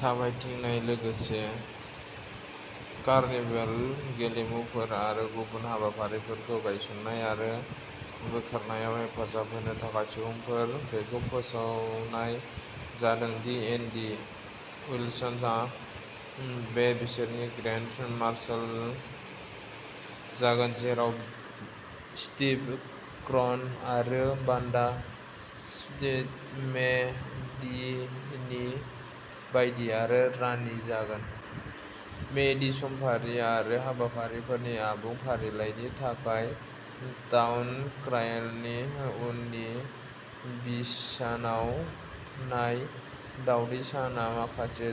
थाबायथिंनाय, लोगोसे कार्निभेल गेलेमुफोर आरो गुबुन हाबाफारिफोरखौ गायसन्नाय आरो बोखारनायाव हेफाजाब होनो थाखाय सुबुंफोर। बेखौ फोसावनाय जादों दि एन्डि उइलसनआ बे बोसोरनि ग्रेन्ड मार्शाल जागोन, जेराव स्टिभ क्रन आरो वान्डा स्मिथआ मे डेनि बायदि आरो रानि जागोन। मे डेनि समफारि आरो हाबाफारिफोरनि आबुं फारिलाइनि थाखाय, टाउन क्रायारनि उननि बिसानाव नाय। दावदै सानआ माखासे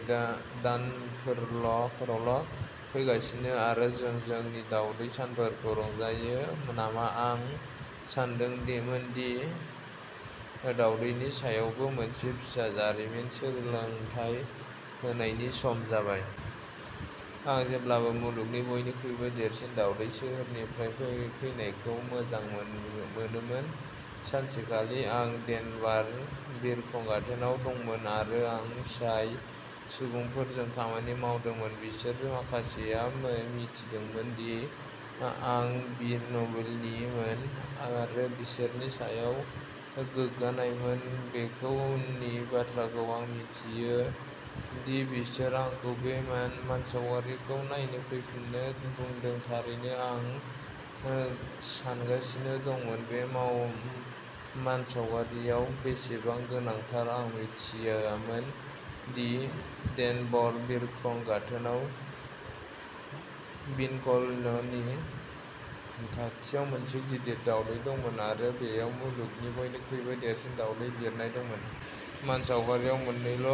दानफोरावल' फैगासिनो आरो जों जोंनि दावदै सानफोरखौ रंजायो नामा। आं सानदोंमोन दि दावदैनि सायावबो मोनसे फिसा जारिमिन सोलोंथाय होनायनि सम जाबाय। आं जेब्लाबो मुलुगनि बयनिख्रुइबो देरसिन दावदै सोहोरनिफ्राय फैनायखौ मोजां मोनोमोन। सानसेखालि आं डेनभार बिरखं गाथोनाव दंमोन आरो आं जाय सुबुंफोरजों खामानि मावदोंमोन बिसोरनि माखासेआ मिथिदोंमोन दि आं विनलकनिफ्रायमोन आरो बिसोरनि सायाव गोग्गानायमोन। बेखौ उननि बाथ्राखौ आं मिथियो दि बिसोर आंखौ बे मानसावगारिखौ नायनो फैफिननो बुंदों, थारैनो आं सानगासिनो दंमोन बे मानसावगारियाव बेसेबां गोनांथार आं मिथियामोन दि डेनभार बिरखं गाथोनाव विनलकनि खाथियाव मोनसे गिदिर दावदै दंमोन आरो बेयाव मुलुगनि बयनिख्रुइबो देरसिन दावदै लिरनाय दंमोन। मानसावगारियाव मोननैल'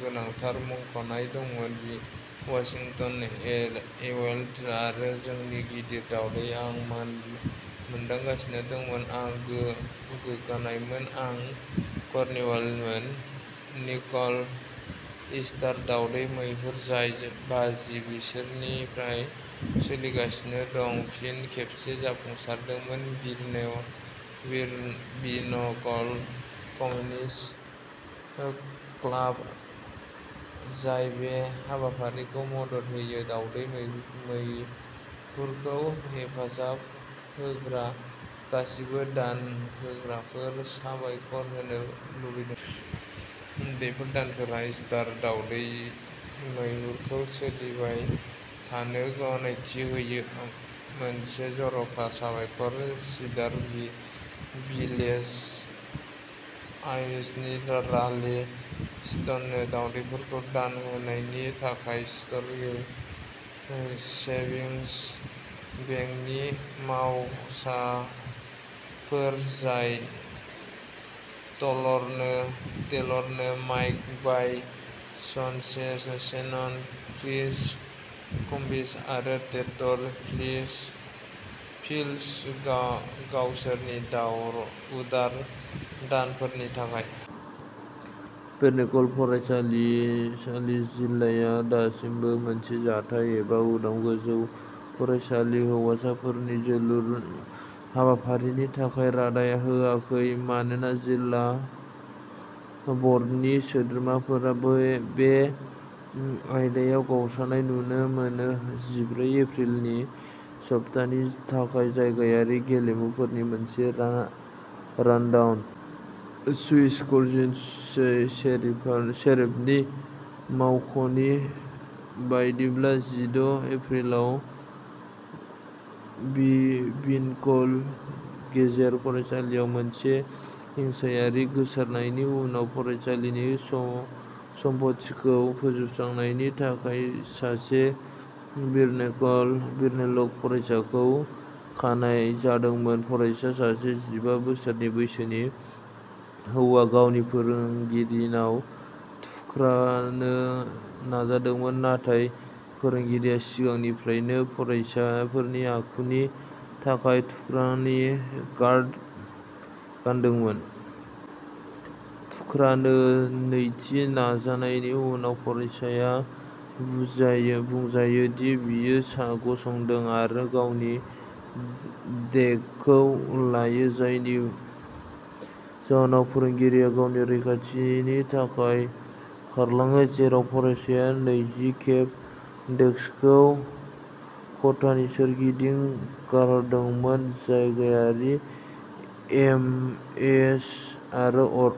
गोनांथार मुंख'नाय दंमोन, वाशिंटन एपल आरो जोंनि गिदिर दावदै। आं मोदानगासिनो दंमोन, आं गोग्गानायमोन, आं विनलकनिफ्रायमोन!! विनलक इस्टार दावदै मैहुर, जाय बाजि बोसोरनिफ्राय सोलिगासिनो दं, फिन खेबसे जाफुंसारदोंमोन। विनलक कमिउनिटि क्लाब, जाय बे हाबाफारिखौ मदद होयो, दावदै मैहुरखौ हेफाजाब होग्रा गासिबो दान होग्राफोरखौ साबायखर होनो लुबैदों। बेफोर दानफोरा इस्टार दावदै मैहुरखौ सोलिबाय थानो गनायथि होयो। मोनसे जर'खा साबायखर सिडार भिलेज आइजिएनि राले स्टोननो, दावदैफोरखौ दान होनायनि थाखाय, स्टर्लिंग सेभिंस बेंक नि मावसाफोर जायस टेलरनो, माइक भइ, शन शेनन, क्रिस काम्बिच आरो टेटर पिल्ज, गावसोरनि उदार दानफोरनि थाखाय। विनलक फरायसालि जिल्लाया दासिमबो मोनसे जथाय एबा उदां गोजौ फरायसालि हौवासाफोरनि जोलुर हाबाफारिनि थाखाय रादाय होआखै मानोना जिल्ला बर्डनि सोद्रोमाफोरा बे आयदायाव गावस्रानाय नुनो मोनो। जिब्रै एप्रिलनि सप्तानि थाखाय जायगायारि गेलेमुफोरनि मोनसे रानडाउन। लुइस काउन्टि शेरिफनि मावख'नि बायदिब्ला, जिद' एप्रिलाव विनलक गेजेर फरायसालिआव मोनसे हिंसायारि गोसारनायनि उनाव फरायसालिनि सम्फथिखौ फोजोबस्रांनायनि थाखाय सासे विनलक फरायसाखौ खानाय जादोंमोन। फरायसा, सासे जिबा बोसोर बैसोनि हौवा, गावनि फोरोंगिरिनाव थुख्रानो नाजादोंमोन, नाथाय फोरोंगिरिआ सिगांनिफ्राइनो फरायसाफोरनि आखुनि थाखाय थुख्रानि गार्ड गानदोंमोन। थुख्रानो नैथि नाजानायनि उनाव, फरायसाया बुंजायो दि बियो गसंदों आरो गावनि डेकखौ लायो, जायनि जाहोनाव फोरोंगिरिआ गावनि रैखाथिनि थाखाय खारलाङो, जेराव फरायसाया नैजि खेब डेस्कखौ खथानि सोरगिदिं गारहरदोंमोन। जायगायारि इएमएस आरो अर।